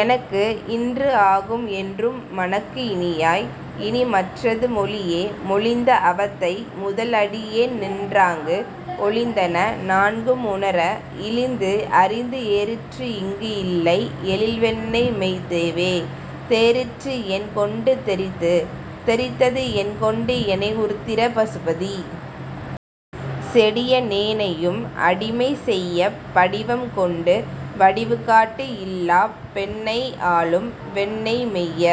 எனக்கு இன்று ஆகும் என்றும் மனக்கு இனியாய்! இனி மற்றது மொழியே மொழிந்த அவத்தை முதல் அடியேன் நின்றாங்கு ஒழிந்தன நான்கும் உணர -- இழிந்து அறிந்து ஏறிற்று இங்கு இல்லை எழில் வெண்ணெய் மெய்த்தேவே! தேறிற்று என் கொண்டு தெரித்து. தெரித்தது என் கொண்டு எனை உருத்திர பசுபதி! செடிய னேனையும் அடிமை செய்யப் படிவம் கொண்டு வடிவுகாட்டு இல்லாப் பெண்ணை ஆளும் வெண்ணெய் மெய்ய!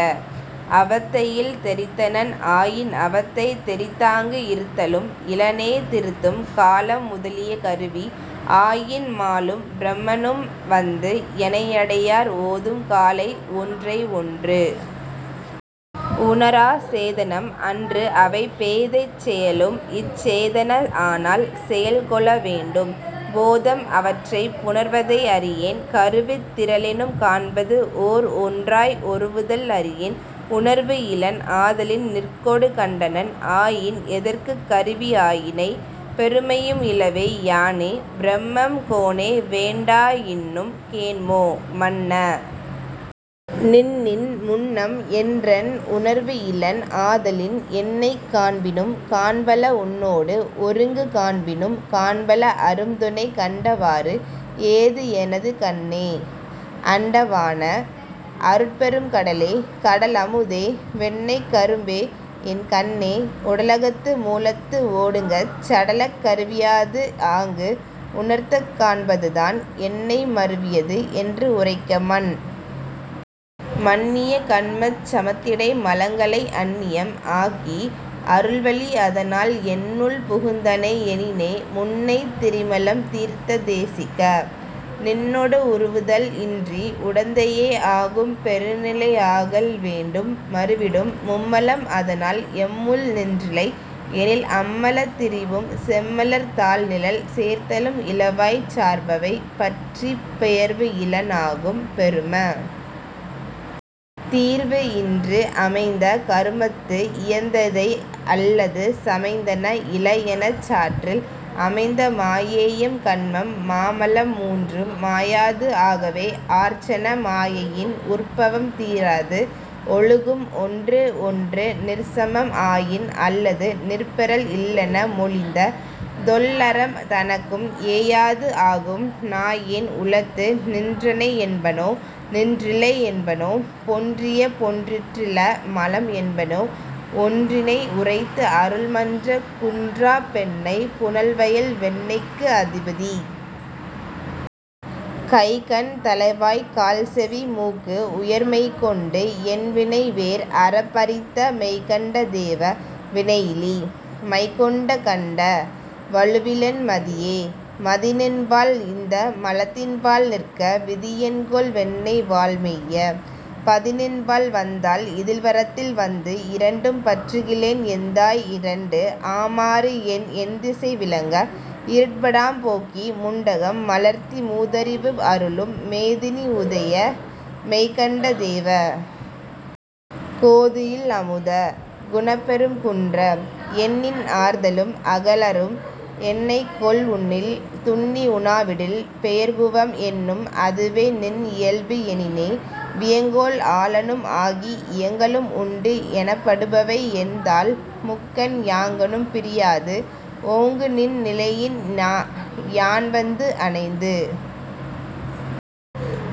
அவத்தையில் தெரித்தனன் ஆயின் அவத்தை தெரித்தாங்கு இருத்தலும் இலனே திருத்தும் காலம் முதலிய கருவி ஆயின் மாலும் பிரமனும் வந்து எனை அடையார் ஓதும் காலை ஒன்றை ஒன்று உணரா சேதனம் அன்று அவை பேதைச் செயலும் இச் சேதன ஆனால் செயல் கொள வேண்டும் போதம் அவற்றைப் புணர்வதை அறியேன் கருவித் திரளினும் காண்பது ஓர் ஒன்றாய் ஒருவுதல் அறியேன் உணர்வு இலன் ஆதலின் நிற்கொடு கண்டனன் ஆயின் எதற்குக் கருவி ஆயினை பெருமையும் இலவே யானே பிரமம் கோனே வேண்டா இன்னும் கேண்மோ, மன்ன! நின்னின் முன்னம் என்றன் உணர்வு இலன் ஆதலின் என்னைக் காண்பினும் காண்பல உன்னோடு ஒருங்கு காண்பினும் காண்பல அரும்துணை கண்டவாறு ஏது எனது கண்ணே! அண்டவாண! அருட்பெரும் கடலே! கடல் அமுதே! வெண்ணெய்க் கரும்பே! என் கண்ணே! உடலகத்து மூலத்து ஒடுங்கச் -- சடலக் கருவியாது ஆங்கு உணர்த்தக் காண்பதுதான் என்னை மருவியது என்று உரைக்க மன். மன்னிய கன்மச் சமத்திடை மலங்களை அன்னியம் ஆக்கி அருள்வழி அதனால் என்னுள் புகுந்தனை எனினே முன்னைத் திரிமலம் தீர்த்த தேசிக! நின்னோடு உருவுதல் இன்றி உடந்தையே ஆகும் பெருநிலை ஆகல் வேண்டும் மருவிடும் மும்மலம் அதனால் எம்முள் நின்றிலை எனில் அம்மலத் திரிவும் செம்மலர்த் தாள்நிழல் சேர்தலும் இலவாய்ச் சார்பவை பற்றிப் பெயர்வு இலன் ஆகும், பெரும! தீர்வு இன்று அமைந்த கருமத்து இயைந்ததை அல்லது சமைந்தன இலஎனச் சாற்றில் அமைந்த மாயேயம் கன்மம் மாமலம் மூன்றும் மாயாது ஆகவே ஆர்ச்சன மாயையின் உற்பவம் தீராது ஒழுகும் ஒன்று ஒன்று நிற்சமம் ஆயின் அல்லது நிற்பெறல் இல்லென மொழிந்த தொல் அறம் தனக்கும் ஏயாது ஆகும் நாயேன் உளத்து நின்றனை என்பனோ நின்றிலை என்பனோ பொன்றிய பொன்றிற்றில மலம் என்பனோ ஒன்றினை உரைத்து அருள் மன்ற குன்றாப் பெண்ணைப் புனல்வயல் வெண்ணெய்க்கு அதிபதி! கைகண் தலைவாய் கால்செவி மூக்கு உயர் மெய்கொண்டு என்வினை வேர் அறப் பறித்த மெய்கண்ட தேவ! வினையிலி! மைகொண்ட கண்ட! வழுவிலென் மதியே! மதிநின்பால் இந்த மலத்தின்பால் நிற்க விதிஎன்கொல் வெண்ணெய்வாழ் மெய்ய! -- பதிநின்பால் வந்தால் இதில்வரத்தில் வந்து இரண்டும் பற்றுகிலேன் எந்தாய் இரண்டு ஆமாறு என் எண்திசை விளங்க இருட்படாம் போக்கி முண்டகம் மலர்த்தி மூதறிவு அருளும் மேதினி உதய மெய்கண்ட தேவ! கோதுஇல் அமுத! குணப்பெரும் குன்ற! என்னின் ஆர்தலும் அகறலும் என்னைகொல் உன்னில் துன்னி உனாவிடில் பெயர்குவம் என்னும் அதுவே நின் இயல்பு எனினே வியங்கோள் ஆளனும் ஆகி இயங்கலும் உண்டு எனப்படுபவை எண்தாள் முக்கண் யாங்கணும் பிரியாது ஓங்கு நின் நிலையின் யான் வந்து அணைந்து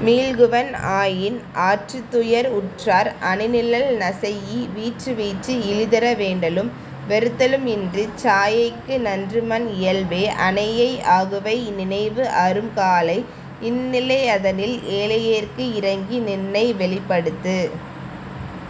மீள்குவன் ஆயின் ஆற்றுத்துயர் உற்றோர் அணிநிழல் நசைஇ வீற்றுவீற்று இழிதர வேண்டலும் வெறுத்தலும் இன்றிச் சாயைக்கு நன்றுமன் இயல்பே அனையை ஆகுவை நினைவு அரும் காலை இந்நிலை அதனில் ஏழையேற்கு இரங்கி நின்னை வெளிப்படுத்து